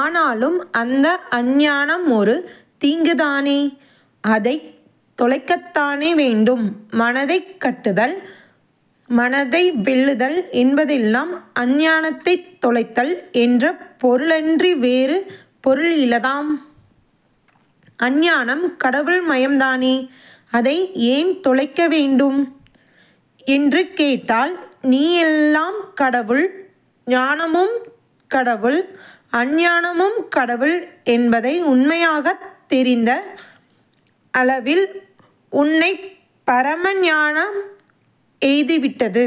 ஆனாலும், அந்த அஞ்ஞானம் ஒரு தீங்குதானே? அதைத் தொலைக்கத்தானே வேண்டும்? மனத்தைக் கட்டுதல், மனத்தை வெல்லுதல் என்பதெல்லாம் அஞ்ஞானத்தைத் தொலைத்தல் என்ற பொருளன்றி வேறு பொருள் இலதாம். அஞ்ஞானம் கடவுள் மயம்தானே? அதை ஏன் தொலைக்க வேண்டும்? என்று கேட்டால், நீ எல்லாம் கடவுள், ஞானமும் கடவுள், அஞ்ஞானமும் கடவுள் என்பதை உண்மையாகத் தெரிந்த அளவில் உன்னைப் பரம ஞானம் எய்திவிட்டது.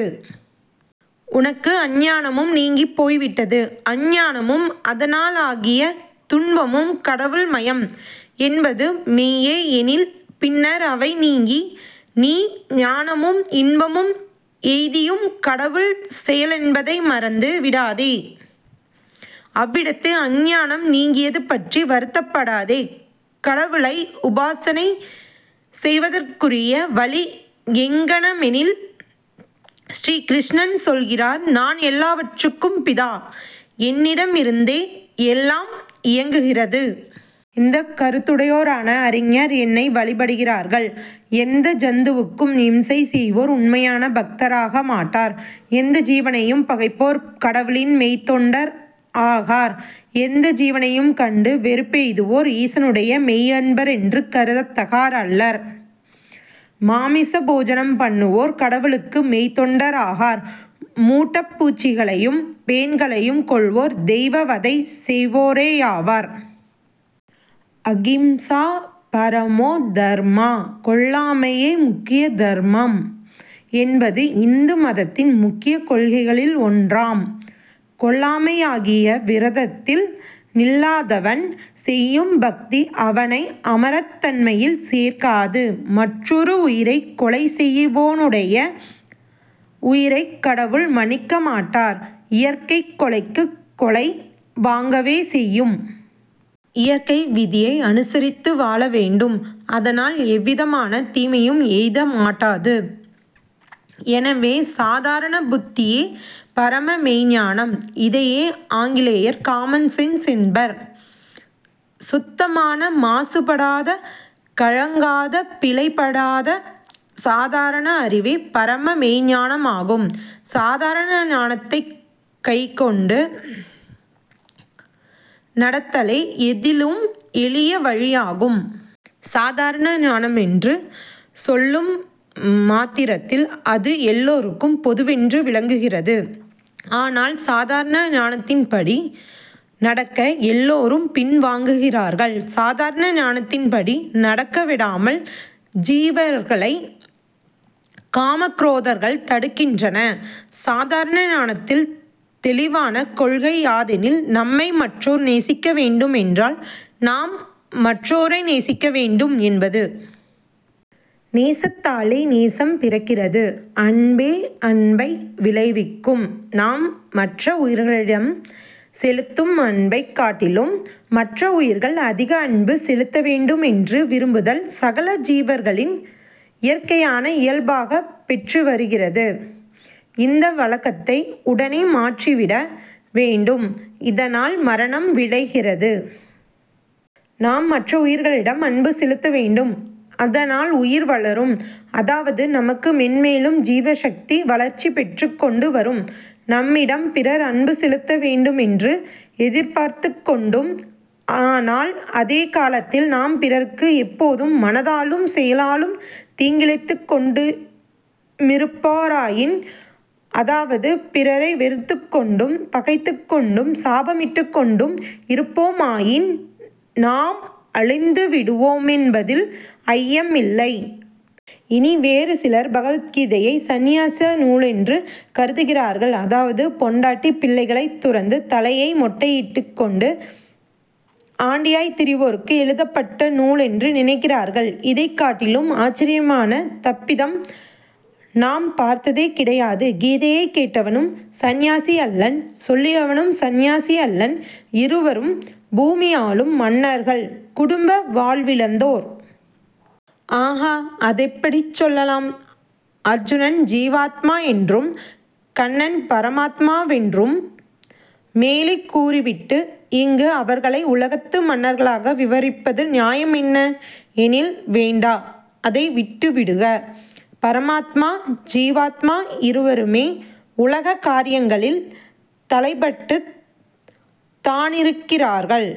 உனக்கு அஞ்ஞானமும் நீங்கிப் போய்விட்டது. அஞ்ஞானமும் அதனாலாகிய துன்பமும் கடவுள் மயம் என்பது மெய்யே எனில் பின்னர் அவை நீங்கி, நீ ஞானமும் இன்பமும் எய்தியும் கடவுள் செயலென்பதை மறந்து விடாதே. அவ்விடத்து அஞ்ஞானம் நீங்கியது பற்றி வருத்தப் படாதே. கடவுளை உபாசனை செய்வதற்குரிய வழி எங்ஙனமெனில், ஸ்ரீ கிருஷ்ணன் சொல்கிறார், நான் எல்லாவற்றுக்கும் பிதா, என்னிடமிருந்தே எல்லாம் இயங்குகிறது. இந்தக் கருத்துடையோரான அறிஞர் என்னை வழிபடுகிறார்கள். எந்த ஜந்துவுக்கும் இம்சை செய்வோர் உண்மையான பக்தராக மாட்டார். எந்த ஜீவனையும் பகைப்போர் கடவுளின் மெய்த்தொண்டர் ஆகார். எந்த ஜீவனையுங் கண்டு வெறுப்பெய்துவோர் ஈசனுடைய மெய்யன்பரென்று கருதத்தகார் அல்லர். மாமிச போஜனம் பண்ணுவோர் கடவுளுக்கு மெய்த்தொண்டராகார். மூட்டப் பூச்சிகளையும் பேன்களையும் கொல்வோர் தெய்வ வதை செய்வோரேயாவார். அகிம்சா பரமோ தர்மா, கொல்லாமையே முக்கிய தர்மம் என்பது இந்து மதத்தின் முக்கியக் கொள்கைகளில் ஒன்றாம். கொல்லாமையாகிய விரதத்தில் நில்லாதவன் செய்யும் பக்தி அவனை அமரத் தன்மையில் சேர்க்காது. மற்றொரு உயிரைக் கொலை செய்வோனுடைய உயிரைக் கடவுள் மன்னிக்க மாட்டார். இயற்கை கொலைக்குக் கொலை வாங்கவே செய்யும். இயற்கை விதியை அனுசரித்து வாழ வேண்டும். அதனால் எவ்விதமான தீமையும் எய்த மாட்டாது. எனவே, சாதாரண புத்தியே பரம மெய்ஞ்ஞானம். இதையே ஆங்கிலேயர் காமன் சென்ஸ் என்பர். சுத்தமான மாசு படாத, கலங்காத, பிழை படாத சாதாரண அறிவே பரம மெய்ஞ்ஞானமாகும். சாதாரண ஞானத்தைக் கைக்கொண்டு நடத்தலே எதிலும் எளிய வழியாகும். சாதாரண ஞானமென்று சொல்லும் மாத்திரத்தில் அது எல்லோருக்கும் பொதுவென்று விளங்குகிறது. ஆனால் சாதாரண ஞானத்தின்படி நடக்க எல்லோரும் பின் வாங்குகிறார்கள். சாதாரண ஞானத்தின்படி நடக்க விடாமல் ஜீவர்களைக் காமக் குரோதங்கள் தடுக்கின்றன. சாதாரண ஞானத்தில் தெளிவான கொள்கை யாதெனில், நம்மை மற்றோர் நேசிக்க வேண்டுமென்றால், நாம் மற்றோரை நேசிக்க வேண்டும் என்பது. நேசத்தாலே நேசம் பிறக்கிறது. அன்பே அன்பை விளைவிக்கும். நாம் மற்ற உயிர்களிடம் செலுத்தும் அன்பைக் காட்டிலும் மற்ற உயிர்கள் அதிக அன்பு செலுத்த வேண்டுமென்று விரும்புதல் சகல ஜீவர்களின் இயற்கையான இயல்பாகப் பெற்று வருகிறது. இந்த வழக்கத்தை உடனே மாற்றிவிட வேண்டும். இதனால் மரணம் விளைகிறது. நாம் மற்ற உயிர்களிடம் அன்பு செலுத்த வேண்டும். அதனால் உயிர் வளரும், அதாவது நமக்கு மேன்மேலும் ஜீவசக்தி வளர்ச்சி பெற்றுக் கொண்டு வரும். நம்மிடம் பிறர் அன்பு செலுத்த வேண்டுமென்று எதிர்பார்த்துக் கொண்டும், ஆனால் அதே காலத்தில் நாம் பிறருக்கு எப்போதும் மனத்தாலும் செயலாலும் தீங்கிழைத்துக் கொண்டுமிருப்பாராயின், அதாவது பிறரை வெறுத்துக்கொண்டும், பகைத்துக் கொண்டும், சாபமிட்டுக் கொண்டும் இருப்போமாயின் நாம் அழிந்து விடுவோமென்பதில் ஐயமில்லை. இனி, வேறு சிலர் பகவத் கீதையை சந்நியாச நூலென்று கருதுகிறார்கள். அதாவது பெண்டாட்டி பிள்ளைகளைத் துறந்து, தலையை மொட்டையிட்டுக் கொண்டு ஆண்டியாய்த் திரிவோருக்கு எழுதப்பட்ட நூலென்று நினைக்கிறார்கள். இதைக் காட்டிலும் ஆச்சரியமான தப்பிதம் நாம் பார்த்ததே கிடையாது. கீதையைக் கேட்டவனும் சந்நியாசியல்லன், சொல்லியவனும் சந்நியாசியல்லன். இருவரும் பூமியாளும் மன்னர்கள், குடும்ப வாழ்விலந்தோர். ஆகா! அஃதெப்படிச் சொல்லலாம்? அர்ஜுனன் ஜீவாத்மாவென்றும், கண்ணன் பரமாத்மா வென்றும் மேலே கூறிவிட்டு, இங்கு அவர்களை உலகத்து மன்னர்களாக விவரிப்பதற்கு நியாயமென்ன? எனில் வேண்டா, அதனை விட்டுவிடுக. பரமாத்மா ஜீவாத்மா இருவருமே உலக காரியங்களில் தளைப்பட்டுத் தானிருக்கிறார்கள்.